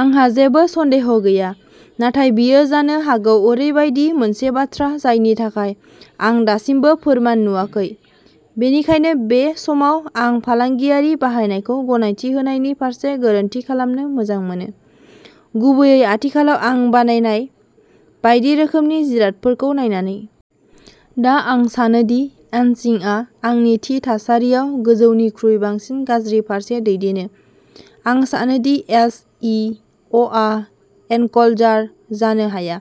आंहा जेबो सन्देह गैया। नाथाय बेयो जानो हागौ ओरैबायदि मोनसे बाथ्रा जायनि थाखाय आं दासिमबो फोरमान नुवाखै। बेनिखायनो बे समाव आं फालांगियारि बाहायनायखौ गनायथि होनायनि फारसे गोरोन्थि खालामनो मोजां मोनो। गुबैयै आथिखालाव आं बानायनाय बायदि रोखोमनि जिरादफोरखौ नायनानै। दा आं सानो दि एनसिआ आंनि थि थासारियाव गोजौनिख्रुइ बांसिन गाज्रि फारसे दैदेनो। आं सानो दि एस. इ. अ. आ एनक्ल'जार जानो हाया।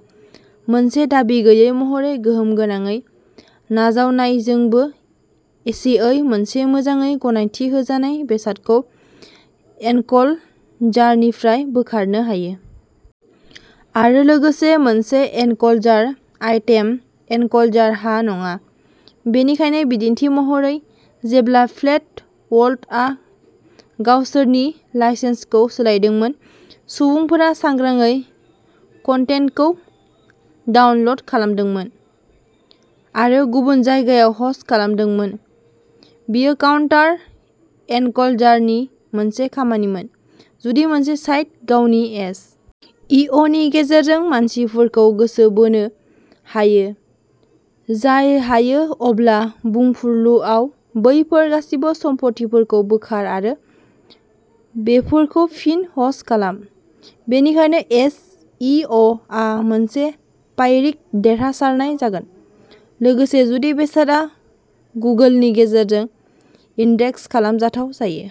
मोनसे दाबि गैयै महरै गोहोम गोनाङै नाजावनायजोंबो। एसेयै मोनसे मोजाङै गनायथि होजानाय बेसादखौ एनक्ल'जारनिफ्राय बोखारनो हायो। आरो लोगोसे मोनसे एनक्ल'जार आइटेम, एनक्ल'जार हा नङा। बेनिखायनो बिदिन्थि महरै। जेब्ला फ्लेट वर्ल्डआ गावसोरनि लाइसेन्सखौ सोलायदोंमोन सुबुंफोरा सांग्रांयै कन्टेन्टखौ डाउनल'ड खालामदोंमोन आरो गुबुन जायगायाव ह'स्ट खालामदोंमोन। बेयो काउन्टार एनक्ल'जारनि मोनसे खामानिमोन। जुदि मोनसे साइट गावनि एस. इ. अ. नि गेजेरजों मानसिफोरखौ गोसो बोनो हायो। जाय हायो। अब्ला बुंफुरलुआव बैफोर गासिबो सम्फथिफोरखौ बोखार आरो बेफोरखौ फिन ह'स्ट खालाम। बेनिखायनो एस. इ. अ. आ मोनसे पाइरिक देरहासारनाय जागोन। लोगोसे जुदि बेसादआ गुगोलनि गेजेरजों इन्डेक्स खालामजाथाव जायो।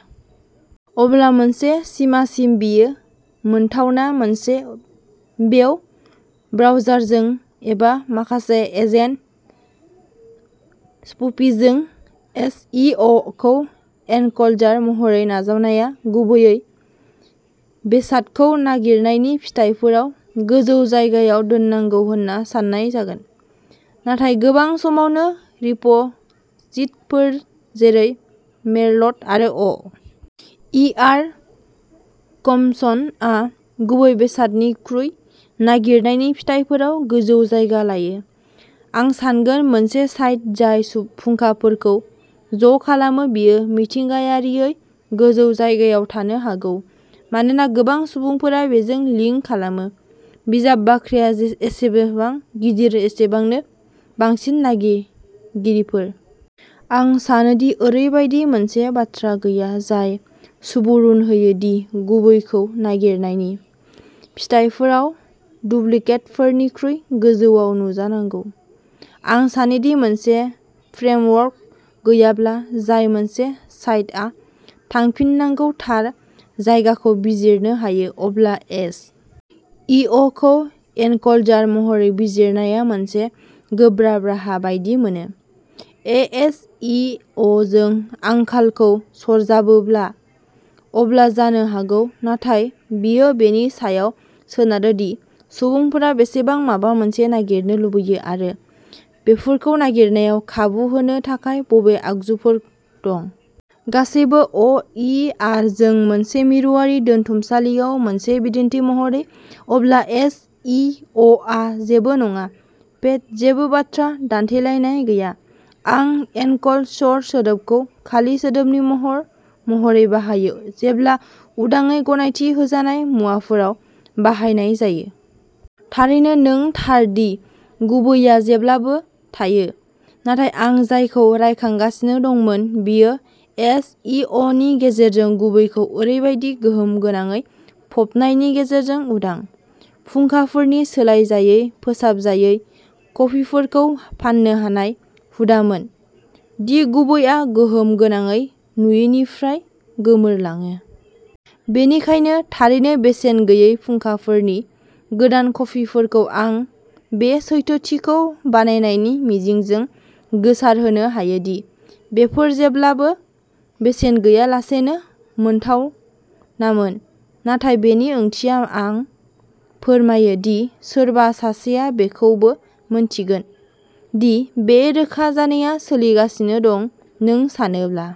अब्ला मोनसे सिमासिम बेयो मोनथावना-मोनसे वेब ब्राउजारजों एबा माखासे एजेन्ट स्पुफिंजों। एस. इ. अ. खौ एनक्ल'जार महरै नाजावनाया गुबै बेसादखौ नागिरनायनि फिथायफोराव गोजौ जायगायाव दोननांगौ होन्ना सान्नाय जागोन। नाथाय गोबां समावनो रिप'जिट'रिफोर जेरै मेरलट आरो अ. इ. आर. कमन्सआ गुबै बेसादनिख्रुइ नागिरनायनि फिथायफोराव गोजौ जायगा लायो? आं सानगोन मोनसे साइट जाय फुंखाफोरखौ ज'खालामो बेयो मिथिंगायारियै गोजौ जायगायाव थानो हागौ मानोना गोबां सुबुंफोरा बेजों लिंक खालामो। बिजाब बाख्रिया जेसेबां गिदिर एसेबांनो बांसिन नायगिरिफोर। आं सानो दि ओरैबायदि मोनसे बाथ्रा गैया जाय सुबुरुन होयो दि गुबैखौ नागिरनायनि फिथायफोराव डुप्लिकेटफोरनिख्रुइ गोजौयाव नुजानांगौ। आं सानो दि मोनसे फ्रेमवर्क गैयाब्ला जाय मोनसे साइटआ थांफिननांगौ थार जायगाखौ बिजिरनो हायो अब्ला एस. इ. अ. खौ एनक्ल'जार महरै बिजिरनाया मोनसे गोब्राब राहा बायदि मोनो। एस. इ. अ. जों आंखालखौ सरजाबोब्ला अब्ला जानो हागौ। नाथाय बेयो बेनि सायाव सोनारो दि सुबुंफोरा बेसेबां माबा मोनसे नागिरनो लुबैयो आरो बेफोरखौ नागिरनायाव खाबु होनो थाखाय बबे आगजुफोर दं। गासैबो अ. इ. आर. जों मोनसे मिरुआरि दोनथुमसालियाव मोनसे बिदिन्थि महरै। अब्ला एस. इ. अ. आ जेबो नङा। पेट जेबो बाथ्रा दानथेलायनाय गैया। आं एनक्ल'सर् सोदोबखौ खालि सोदोबनि महर महरै बाहायो जेब्ला उदाङै गनायथि होजानाय मुवाफोराव बाहायनाय जायो। थारैनो नों थार दि गुबैआ जेब्लाबो थायो। नाथाय आं जायखौ रायखांगासिनो दंमोन बेयो एस. इ. अ. नि गेजेरजों गुबैखौ ओरैबायदि गोहोम गोनाङै फबनायनि गेजेरजों उदां फुंखाफोरनि सोलायजायै फोसाबजायै कपिफोरखौ फान्नो हानाय हुदामोन दि गुबैआ गोहोम गोनाङै नुयिनिफ्राय गोमोरलाङो। बेनिखायनो थारैनो बेसेन गैयै फुंखाफोरनि गोदान कपिफोरखौ आं बे सैथोथिखौ बानायनायनि मिजिंजों गोसारहोनो हायो दि बेफोर जेब्लाबो बेसेन गैयालासेनो मोनथावनामोन। नाथाय बेनि ओंथिया आं फोरमायो दि सोरबा सासेआ बेखौबो मिन्थिगोन दि बे रोखा जानाया सोलिगासिनो दं। नों सानोब्ला।